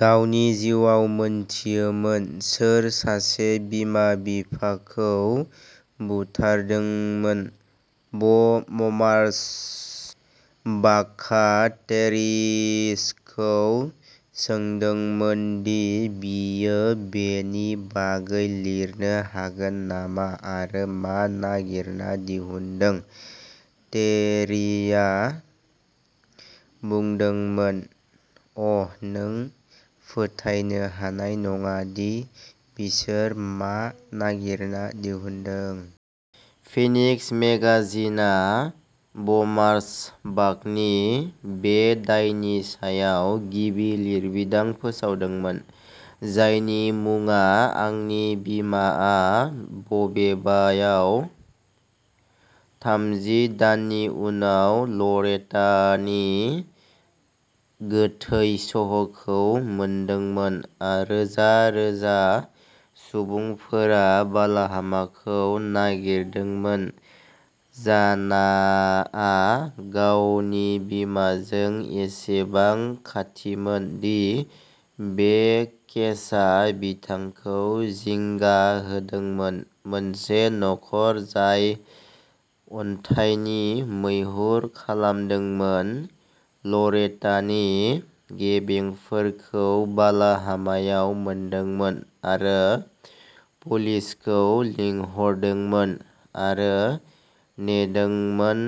गावनि जिउआव मोनथियोमोन सोर सासे बिमा बिफाखौ बुथारदोंमोन ब'म्मार्सबाखआ टेर्रिखौ सोंदोंमोन दि बियो बेनि बागै लिरनो हागोन नामा आरो मा नागिरना दिहुनदों टेर्रिआ बुंदोंमोन अ'नों फोथायनो हानाय नङा दि बिसोर मा नागिरना दिहुनदों फिनिक्स मेगाजिनआ ब'म्मार्सबाखनि बे दायनि सायाव गिबि लिरबिदां फोसावदोंमोन जायनि मुङा आंनि बिमाआ बबेबायाव थामजि दाननि उनाव लरेटानि गोथै सह'खौ मोनदोंमोन आ रोजा रोजा सुबुंफोरा बालाहामाखौ नागिरदोंमोन जानाआ गावनि बिमाजों एसेबां खाथिमोन दि बे केसआ बिथांखौ जिंगा होदोंमोन मोनसे नखर जाय अन्थाइनि मैहुर खालामदोंमोन लरेटानि गेबेंफोरखौ बालाहामायाव मोनदोंमोन आरो पुलिसखौ लिंहरदोंमोन आरो नेदोंमोन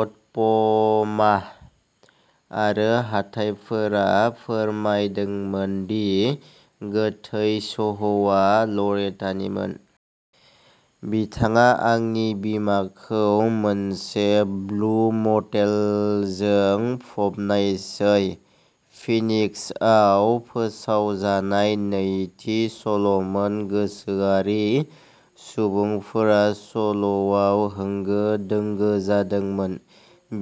अट'प'मा आरो हाथाइफोरा फोरमायदोंमोन दि गोथै सह'आ लरेटानिमोन। बिथाङा आंनि बिमाखौ मोनसे ब्लु मटेलजों फबनायसै फिनिक्सआव फोसावजानाय नैथि सल'मोन गोसोआरि सुबुंफोरा सल'आव होंगो दोंगो जादोंमोन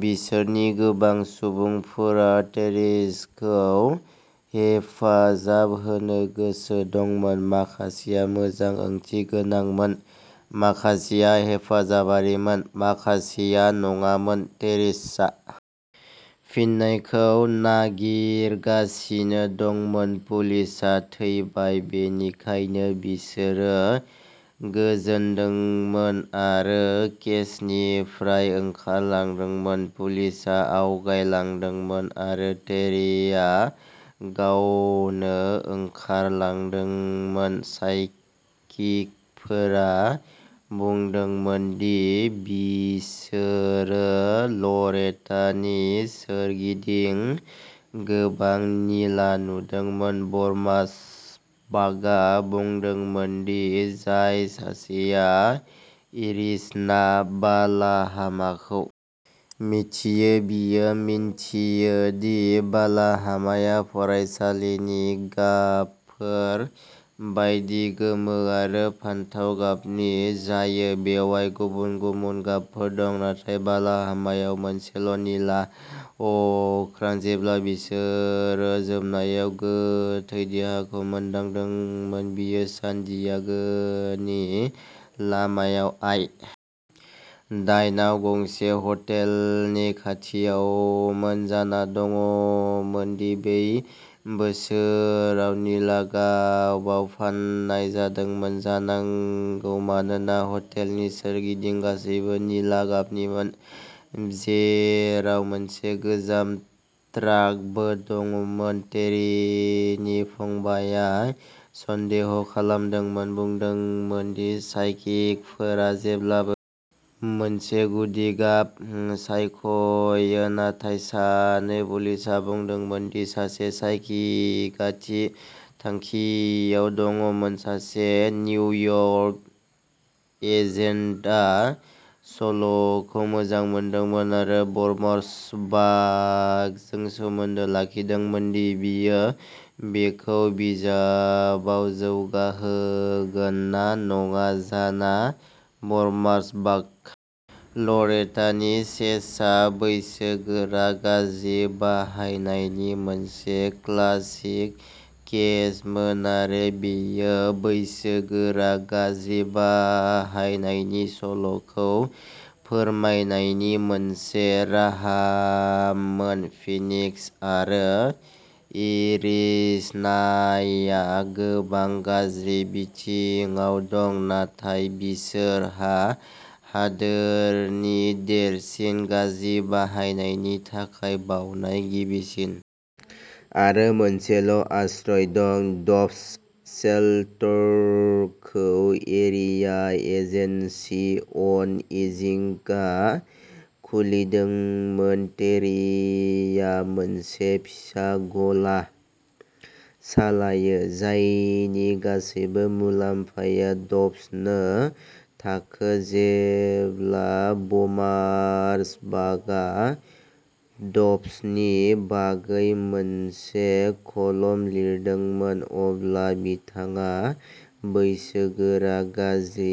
बिसोरनि गोबां सुबुंफोरा टेर्रिखौ हेफाजाब होनो गोसो दंमोन माखासेया मोजां ओंथिगोनांमोन माखासेया हेफाजाबारिमोन माखासेया नङामोन टेर्रिआ फिननायखौ नागिरगासिनो दंमोन पुलिसआ थैबाय बेनिखायनो बिसोरो गोजोनदोंमोन आरो केसनिफ्राय ओंखारलांदोंमोन पुलिसआ आवगायलांदोंमोन आरो टेरिआ गावनो ओंखारलांदोंमोन साइकिकफोरा बुंदोंमोन दि बिसोरो लरेटानि सोरगिदिं गोबां निला नुदोंमोन ब'म्मार्सबाकआ बुंदोंमोन दि जाय सासेआ एरिज'ना बालाहामाखौ मिथियो बियो मिन्थियो दि बालाहामाया फरायसालिनि गाबफोर बायदि गोमो आरो फान्थाव गाबनि जायो बेयाव गुबुन गुबुन गाबफोर दं नाथाय बालाहामायाव मोनसेल'निला अख्रां जेब्ला बिसोरो जोबनायाव गोथै देहाखौ मोनदोंमोन बेयो सान डियागोनि लामायाव आइ दाइन आव गंसे हटेलनि खाथियावमोन जाना बुंदोंमोन दि बै बोसोराव निला गाबआव फाननाय जादोंमोन जानांगौ मानोना हटेलनि सोरगिदिं गासैबो निला गाबनिमोन जेराव मोनसे गोजाम ट्राकबो दंमोन टेर्रीनि फंबायआ सन्देह'खालामदोंमोन बुंदोंमोन दि साइकिकफोरा जेब्लाबो मोनसे गुदि गाब सायख'यो नाथाय सानै पुलिसआ बुंदोंमोन दि सासे साइकिकआ थि थांखियाव दंमोन सासे निउयर्क एजेन्टआ सल'खौ मोजां मोनदोंमोन आरो ब'म्मार्सबाकजों सोमोन्दो लाखिदोंमोन दि बियो बेखौ बिजाबआव जौगाहोगोन ना नङा जाना ब'म्मार्सबाक लरेटानि केसआ बैसोगोरा गाज्रि बाहायनायनि मोनसे क्लासिक केसमोन आरो बेयो बैसोगोरा गाज्रि बाहायनायनि सल'खौ फोरमायनायनि मोनसे राहामोन फिनिक्स आरो एरिज'नाया गोबां गाज्रि बिथिङाव दं नाथाय बिसोरहा हादोरनि देरसिन गाज्रि बाहायनायनि थाखाय बावनाय गिबिसिन आरो मोनसेल' आश्रय दं ड'भ्स शेल्टरखौ एरिया एजेन्सि अन एजिंगआ खुलिदोंमोन टेरीआ मोनसे फिसा गला सालायो जायनि गासैबो मुलाम्फाया ड'भ्सनो थाङो जेब्ला ब'म्मार्सबाकआ ड'भ्सनि बागै मोनसे कलम लिरदोंमोन अब्ला बिथाङा बैसोगोरा गाज्रि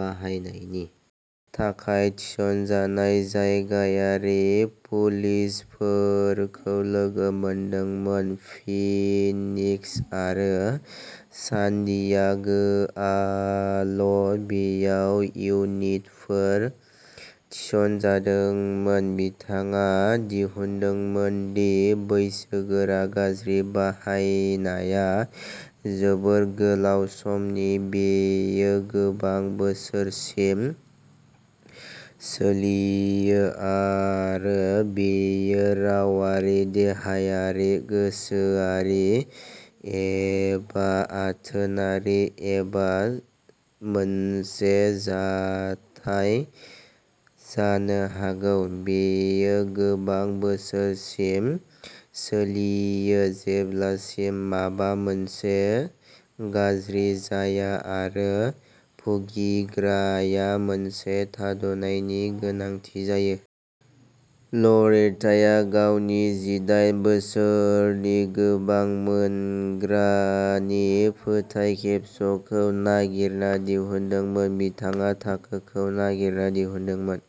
बाहायनायनि थाखाय थिसनजानाय जायगायारि पुलिसफोरखौ लोगो मोनदोंमोन फिनिक्स आरो सान डियागोआल'बेयाव इउनिटफोर थिसनजादोंमोन बिथाङा दिहुनदोंमोन दि बैसोगोरा गाज्रि बाहायनाया जोबोद गोलाव समनि बेयो गोबां बोसोरसिम सोलियो आरो बेयो रावारि देहायारि गोसोआरि एबा आथोनारि एबा मोनसे जथाय जानो हागौ बेयो गोबां बोसोरसिम सोलियो जेब्लासिम माबा मोनसे गाज्रि जाया आरो भुगिग्राया मोनसे थाद'नायनि गोनांथि जायो। लरेटाया गावनि जिदाइन बोसोरनि मोजां मोनग्रानि फोथायखेबस'खौ नागिरना दिहुनदोंमोन बिथाङा थाखोखौ नागिरना दिहुनदोंमोन।